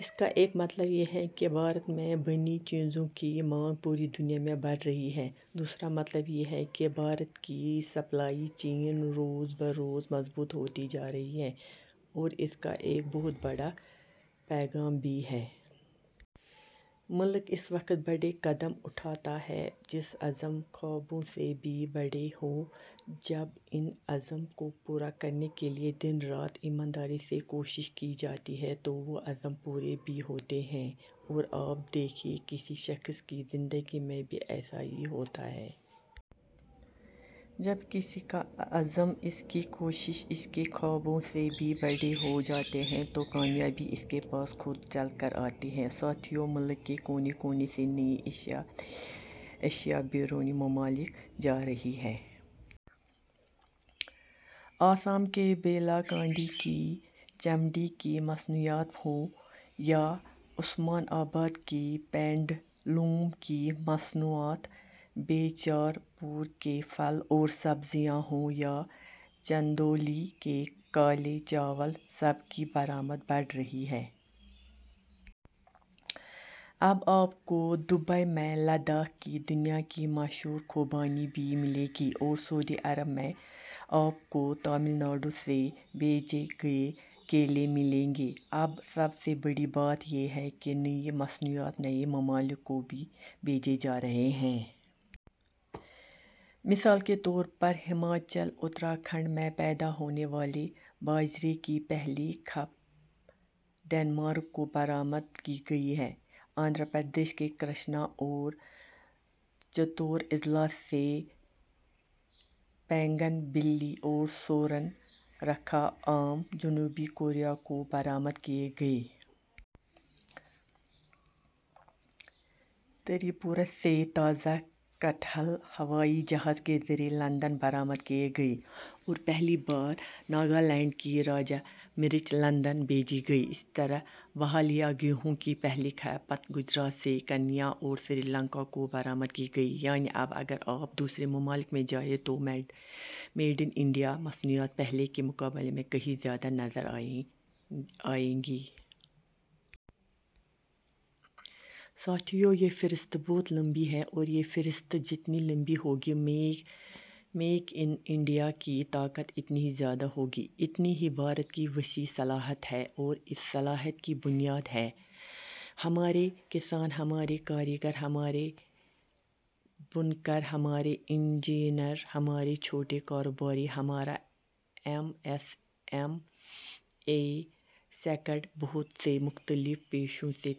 اس کا ایک مطلب یہ ہے کہ بھارت میں بنی چیزوں کی مانگ پوری دنیا میں بڑھ رہی ہے، دوسرا مطلب یہ ہے کہ بھارت کی سپلائی چین روز بروز مضبوط ہوتی جارہی ہے اور اس کا ایک بہت بڑا پیغام بھی ہے۔ ملک اس وقت بڑے قدم اٹھاتا ہے ، جب عز م خوابوں سے بھی بڑے ہوں۔ جب ان عزم کو پورا کرنے کے لئے دن رات ایمانداری سے کوشش کی جاتی ہے تو وہ عزم پورے بھی ہوتے ہیں اور آپ دیکھیئے ، کسی شخص کی زندگی میں بھی ایسا ہی ہوتا ہے ۔ جب کسی کا عزم، اس کی کوشش ، اس کے خوابوں سے بھی بڑے ہو جاتے ہیں تو کامیابی ، اُس کے پاس خود چل کر آتی ہے۔ ساتھیو ، ملک کے کونے کونے سے نئی اشیاء نئی اشیا بیرونی ممالک جا رہی ہیں ۔ آسام کے ہیلا کانڈی کی چمڑے کی مصنوعات ہوں یا عثمان آباد کی ہینڈلوم کی مصنوعات، بیجاپور کے پھل اور سبزیاں ہوں یا چندولی کے کالے چاول، سب کی برآمدات بڑھ رہی ہے ۔ اب، آپ کو دوبئی میں لداخ کی دنیا کی مشہور خوبانی بھی ملے گی اور سعودی عرب میں، آپ کو تمل ناڈو سے بھیجے گئے کیلے ملیں گے۔ اب سب سے بڑی بات یہ ہے کہ نئی مصنوعات نئے ممالک کو بھیجی جا رہی ہیں۔ مثال کے طور پر، ہماچل، اتراکھنڈ میں پیدا ہونے والے باجرے کی پہلی کھیپ ڈنمارک کو برآمد کی گئی۔ آندھرا پردیش کے کرشنا اور چتور اضلاع سے بنگن پلیّ اور سورن رِکھا آم جنوبی کوریا کو برآمد کئے گئے ۔ تری پورہ سے تازہ کٹہل ہوائی جہاز کے ذریعے لندن برآمد کئے گئے اور پہلی بار ناگالینڈ کی راجہ مرچ لندن بھیجی گئی ۔ اسی طرح بھالیا گیہوں کی پہلی کھیپ گجرات سے کینیا اور سری لنکا کو برآمد کی گئی یعنی اب اگر آپ دوسرے ممالک میں جائیں تو میڈ ان انڈیا مصنوعات پہلے کے مقابلے کہیں زیادہ نظر آئیں گی۔ ساتھیو ، یہ فہرست بہت لمبی ہے اور یہ فہرست جتنی لمبی ہوگی، میک ان انڈیا کی طاقت اتنی ہی زیادہ ہوگی، اتنی ہی بھارت کی وسیع صلاحیت ہے اور اس صلاحیت کی بنیاد ہیں – ہمارے کسان، ہمارے کاریگر، ہمارے بُنکر، ہمارے انجینئر ، ہمارے چھوٹے کاروباری، ہمارا M S M E sector, بہت سے مختلف پیشوں سے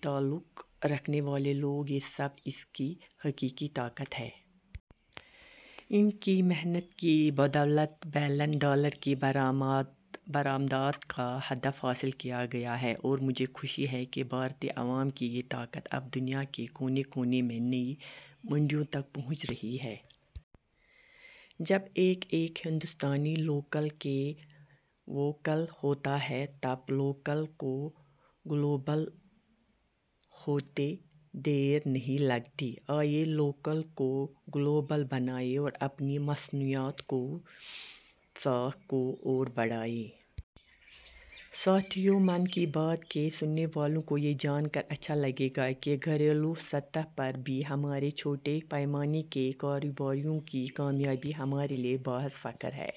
تعلق رکھنے والے لوگ، یہ سب اس کی حقیقی طاقت ہیں۔ ان کی محنت کی بدولت بلین ڈالر کی برآمدات کا ہدف حاصل کیا گیا ہے اور مجھے خوشی ہے کہ بھارتی عوام کی یہ طاقت اب دنیا کے کونے کونے میں نئی منڈیوں تک پہنچ رہی ہے۔ جب ایک ایک ہندوستانی لوکل کے ووکل ہوتا ہے ، تب لوکل کو گلوبل ہوتے دیر نہیں لگتی ہے ۔ آئیے لوکل کو گلوبل بنائیں اور اپنی مصنوعات کی ساکھ کو اور بڑھائیں ۔ ساتھیو ،' من کی بات ' کے سننے والوں کو یہ جان کر اچھا لگے گا کہ گھریلو سطح پر بھی ہمارے چھوٹے پیمانے کے کاروباریوں کی کامیابی ہمارے لئے باعث فخر ہے۔